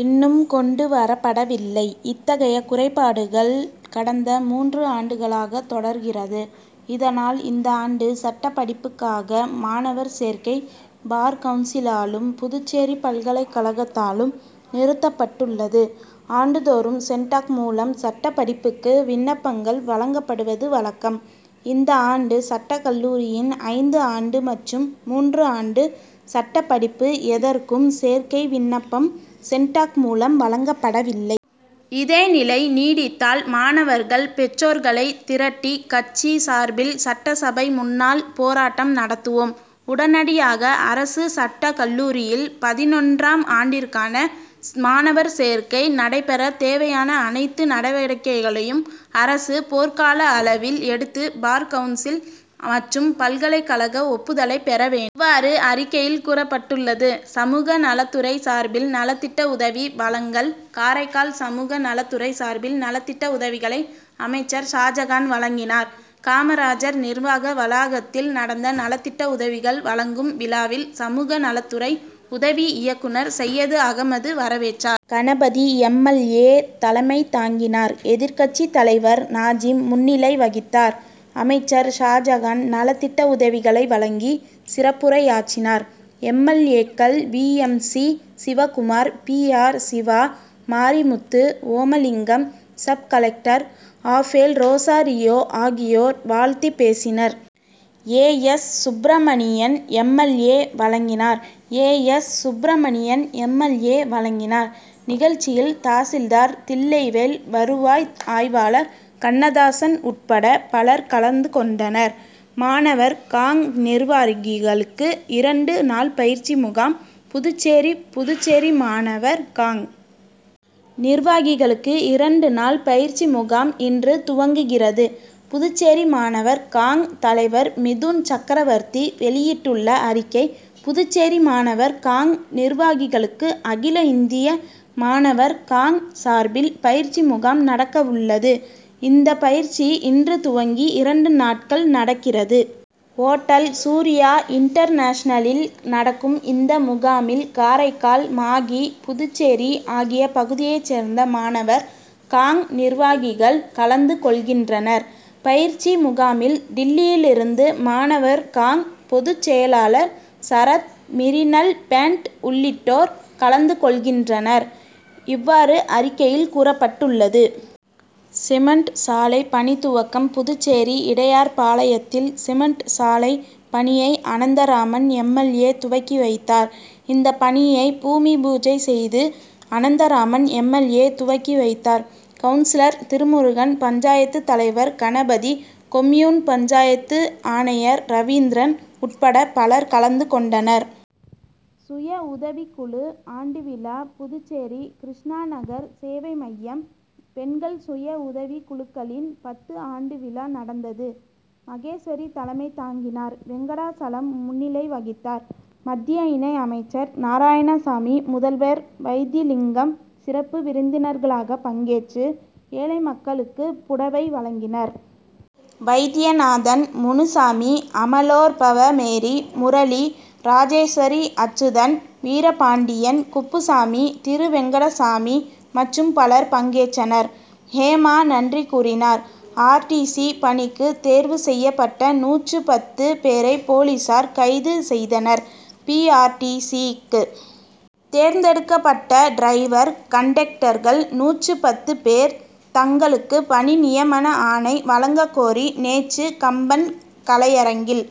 இன் னும் கொண்டு வரப்படவில்லை. இத்தகைய குறைபாடுகள் கடந்த மூன்று ஆண்டுகளாக தொடர்கிறது. இதனால் இந்த ஆண்டு சட்ட படிப்புக்காக மாணவர் சேர்க்கை பார் கவுன்சிலாலும், புதுச்சேரி பல்கலைக் கழகத்தாலும் நிறுத்தப்பட்டுள்ளது. ஆண்டுதோறும் சென்டாக் மூலம் சட்டப் படிப்புக்கு விண்ணப்பங்கள் வழங்கப்படுவது வழக்கம். இந்த ஆண்டு சட்ட கல்லூரியின் ஐந்து ஆண்டு மற்றும் மூன்று ஆண்டு சட்ட படிப்பு எதற்கும் சேர்க்கை விண்ணப் பம் சென்டாக் மூலம் வழங்கப்படவில்லை. இதே நிலை நீடித்தால் மாணவர்கள், பெற்றோர்களை திரட்டி கட்சி சார்பில் சட்டசபை முன்னால் பேராட்டம் நடத்துவோம். உடனடியாக அரசு சட்டக்கல்லூரியில் பதினொன்றாம் ஆண்டிற்கான மாணவர் சேர்க்கை நடைபெற தேவையான அனைத்து நடவடிக்கைகளையும் அரசு போர்க்கால அளவில் எடுத்து பார்கவுன்சில் மற்றும் பல்கலைக் கழக ஒப்புதலை பெற வேண். இவ்வாறு அறிக்கையில் கூறப் பட்டுள்ளது. சமூக நலத்துறை சார்பில் நலத்திட்ட உதவி வழங்கல் காரைக்கால் சமூக நலத்துறை சார்பில் நலத்திட்ட உதவிகளை அமைச்சர் ஷாஜகான் வழங்கினார். காமராஜர் நிர்வாக வளா கத்தில் நடந்த நலத்திட்ட உதவிகள் வழங்கும் விழாவில் சமூக நலத்துறை உதவி இயக்குநர் சையது அகமது வரவேற் றார். கணபதி எம். எல். ஏ., தலைமை தாங்கினார். எதிர்க்கட்சி தலைவர் நாஜிம் முன்னிலை வகித் தார். அமைச்சர் ஷாஜகான் நலத்திட்ட உதவிகளை வழங்கி, சிறப்புரையாற்றினார். எம். எல். ஏ.,க்கள் V. M. C. Sivakumar, P. R. Siva, Marimuthu, Omalingam, sub collector Abel Rosario ஆகியோர் வாழ்த்திப் பேசினர். A. S. Subramanian M. L. A., வழங்கினார். A. S. Subramanian M. L. A., வழங்கினார். நிகழ்ச்சியில் தாசில்தார் தில்லைவேல், வருவாய் ஆய்வாளர் கண்ணதாசன் உட்பட பலர் கலந்து கொண்டனர். மாணவர் காங்., நிர்வாகிகளுக்கு இரண்டு நாள் பயிற்சி முகாம் புதுச்சேரி புதுச்சேரி மாணவர் காங்., நிர்வாகிகளுக்கு இரண்டு நாள் பயிற்சி முகாம் இன்று துவங்குகிறது. புதுச்சேரி மாணவர் காங்., தலைவர் மிதுன் சக்ரவர்த்தி வெளியிட்டுள்ள அறிக்கை புதுச்சேரி மாணவர் காங்., நிர்வாகிகளுக்கு அகில இந்திய மாணவர் காங்., சார்பில் பயிற்சி முகாம் நடக்கவுள்ளது. இந்த பயிற்சி இன்று துவங்கி இரண்டு நாட்கள் நடக்கிறது. ஓட்டல் சூரியா இன்டர் நேஷனலில் நடக்கும் இந்த முகாமில் காரைக்கால், மாகி, புதுச்சேரி ஆகிய பகுதியைச் சேர்ந்த மாணவர் காங்., நிர்வாகிகள் கலந்து கொள்கின்றனர். பயிற்சி முகாமில் டில்லியிலிருந்து மாணவர் காங்., பொதுச் செயலாளர் சரத், மிரினல் பேன்ட் உள்ளிட்டோர் கலந்து கொள்கின்றனர். இவ்வாறு அறிக்கையில் கூறப்பட்டுள்ளது. சிமென்ட் சாலை பணி துவக்கம் புதுச்சேரி இடையார்பாளையத்தில் சிமென்ட் சாலை பணியை அனந்தராமன் எம். எல். எ. துவக்கி வை தார். இந்தப் பணியை பூமி பூஜை செய்து, அனந்தராமன் எம். எல். ஏ., துவக்கி வைத்தார். கவுன்சிலர் திருமுருகன், பஞ்சாயத்து தலைவர் கணபதி, கொம்யூன் பஞ்சாயத்து ஆணையர் ரவீந்திரன் உட்பட பலர் கலந்து கொண்டனர். சுய உதவிக்குழு ஆண்டு விழா புதுச்சேரி கிருஷ்ணா நகர் சேவை மையம், பெண்கள் சுய உதவி குழுக்களின் பத்து ஆண்டு விழா நடந்தது. மகேஸ்வரி தலைமை தாங்கினார். வெங்கடாசலம் முன்னிலை வகித்தார். மத்திய இணை அமைச்சர் நாராயணசாமி, முதல்வர் வைத்திலிங்கம் சிறப்பு விருந்தினர்களாக பங் கேற்று, ஏழை மக்களுக்கு புடவை வழங்கினர். வைத்தியநாதன், முனுசாமி, அமலோற்பவ மேரி, முரளி, ராஜேஸ்வரி அச்சுதன், வீரபாண்டியன், குப்பு சாமி, திருவெங்கடசாமி மற்றும் பலர் பங்கேற்றனர். ஹேமா நன்றி கூறினார். ஆர். டி. சி., பணிக்கு தேர்வு செய்யப்பட்ட நூற்று பத்து பேரை போலீசார் கைது செய்தனர். பி. ஆர். டி. சி.,க்கு தேர்ந்தெடுக்கப்பட்ட டிரைவர், கண்டக்டர்கள் நூற்று பத்து பேர் தங்களுக்கு பணி நியமண ஆணை வழங்கக் கோரி, நேற்று கம்பன் கலையரங்கில்